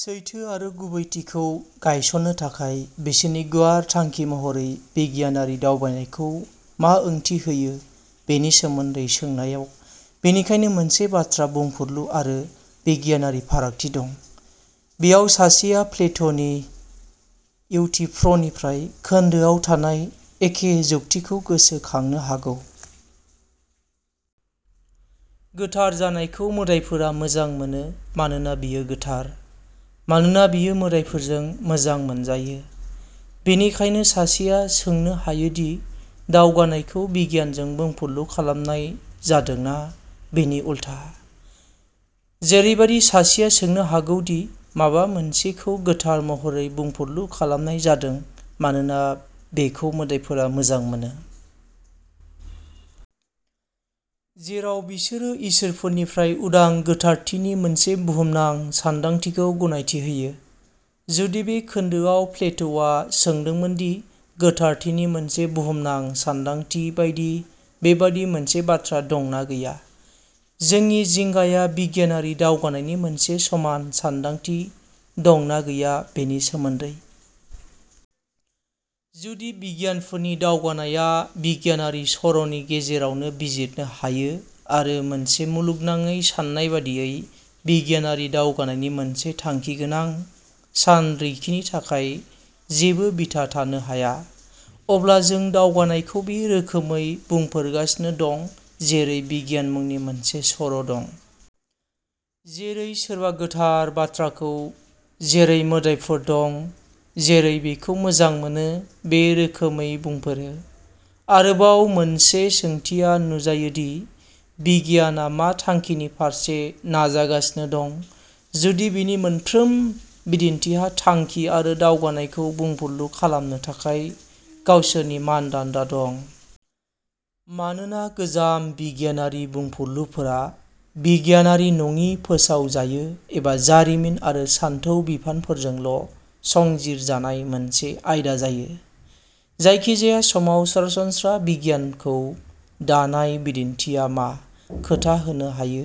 सैथो आरो गुबैथिखौ गायसननो थाखाय बिसोरनि गुवार थांखि महरै बिगियानारि दावगानायखौ मा ओंथि होयो बेनि सोमोनदै सोंनायाव बेनिखायनो मोनसे बाथ्रा बुंफुरलु आरो बिगियानारि फारागथि दं। बेयाव सासेया प्लेट'नि इउथिफ्रनिफ्राय खोनदोआव थानाय एखे जुक्तिखौ गोसोखांनो हागौ। गोथार जानायखौ मोदाइफोरा मोजां मोनो मानोना बेयो गोथार। मानोना बेयो मोदाइफोरजों मोजां मोनजायो? बेनिखायनो सासेया सोंनो हायो दि दावगानायखौ बिगियानजों बुंफुरलु खालामनाय जादों ना बिनि उलथा। जेरैबादि सासेया सोंनो हागौ दि माबा मोनसेखौ गोथार महरै बुंफुरलु खालामनाय जादों मानोना बेखौ मोदाइफोरा मोजां मोनो। जेराव बिसोरो इसोरफोरनिफ्राय उदां गोथारथिनि मोनसे बुहुमनां सानदांथिखौ गनायथि होयो। जुदि बे खोनदोआव प्लेट'आ सोंदोंमोन दि गोथारथिनि मोनसे बुहुमनां सानदांथि बायदि बेबादि मोनसे बाथ्रा दं ना गैया? जोंनि जिंगाया बिगियानारि दावगानायनि मोनसे समान सानदांथि दं ना गैया बेनि सोमोनदै? जुदि बिगियानफोरनि दावगानायआ बिगियानारि सर'नि गेजेरावनो बिजिरनो हायो आरो मोनसे मुलुगनाङै साननाय बादियै बिगियानारि दावगानायनि मोनसे थांखिगोनां सानरिखिनि थाखाय जेबो बिथा थानो हाया। अब्ला जों दावगानायखौ बे रोखोमै बुंफोरगासिनो दं जेरै बिगियान मुंनि मोनसे सर'दं। जेरै सोरबा गोथार बाथ्राखौ जेरै मोदाइफोर दं जेरै बेखौ मोजां मोनो बे रोखोमै बुंफोरो। आरोबाव मोनसे सोंथिया नुजायो दि बिगियानआ मा थांखिनि फारसे नाजागासिनो दं। जुदि बेनि मोनफ्रोम बिदिनथिहा थांखि आरो दावगानायखौ बुंफुरलु खालामनो थाखाय गावसोरनि मानदान्दा दं। मानोना गोजाम बिगियानारि बुंफुरलुफोरा बिगियानारि नङि फोसावजायो एबा जारिमिन आरो सानथौ बिफानफोरजोंल' संजिरजानाय मोनसे आयदा जायो। जायखिजाया समाव सरासनस्रा बिगियानखौ दानाय बिदिनथिआ मा खोथा होनो हायो।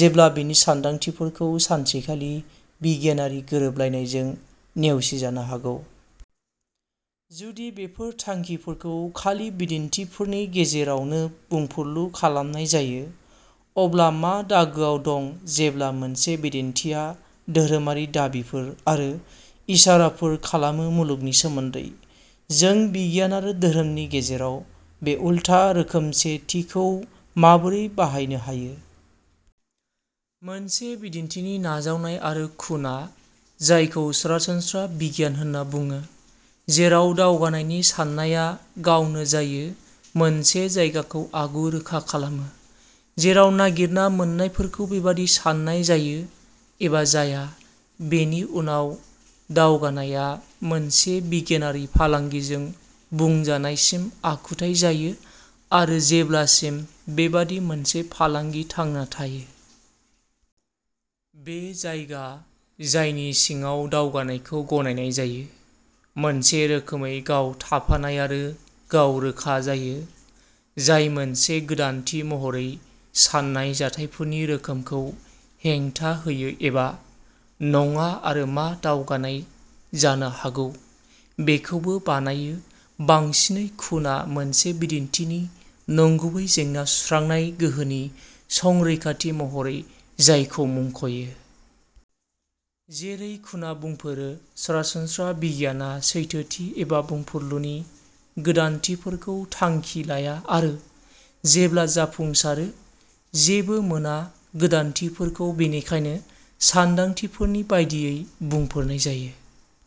जेब्ला बेनि सान्दांथिफोरखौ सानसेखालि बिगियानारि गोरोबलायनायजों नेवसिजानो हागौ। जुदि बेफोर थांखिफोरखौ खालि बिदिनथिफोरनि गेजेरावनो बुंफुरलु खालामनाय जायो अब्ला मा दागोआव दं जेब्ला मोनसे बिदिनथिया सोदोबारि दाबिफोर आरो इसाराफोर खालामो मुलुगनि सोमोन्दै। जों बिगियान आरो धोरोमनि गेजेराव बे उल्था रोखोमसेथिखौ माबोरै बासायनो हायो? मोनसे बिदिन्थिनि नाजावनाय आरो कुनआ जायखौ सरासनस्रा बिगियान होनना बुङो जेराव दावगानायनि साननाया गावनो जायो मोनसे जायगाखौ आगु रोखा खालामो। जेराव नागिरना मोन्नायफोरखौ बेबादि सान्नाय जायो एबा जाया बेनि उनाव दावगानायआ मोनसे बिगियानारि फालांगिजों बुंजानायसिम आखुथाय जायो आरो जेब्लासिम बेबादि मोनसे फालांगि थांना थायो। बे जायगा जायनि सिङाव दावगानायखौ गनायनाय जायो। मोनसे रोखोमै गाव थाफानाय आरो गाव रोखा जायो। जाय मोनसे गोदानथि महरै सान्नाय जाथायफोरनि रोखोमखौ हेंथा होयो एबा नङा आरो मा दावगानाय जानो हागौ बेखौबो बानायो बांसिनै कुनआ मोनसे बिदिन्थिनि नंगुबै जेंना सुस्रांनाय गोहोनि संरैखाथि महरै जायखौ मुंख'यो। जेरै कुना बुंफोरो सरासनस्रा बिगियानआ सैथोथि एबा बुंफुरलुनि गोदानथिफोरखौ थांखि लाया आरो जेब्ला जाफुंसारो जेबो मोना गोदानथिफोरखौ बेनिखायनो सानदांथिफोरनि बायदियै बुंफोरनाय जायो।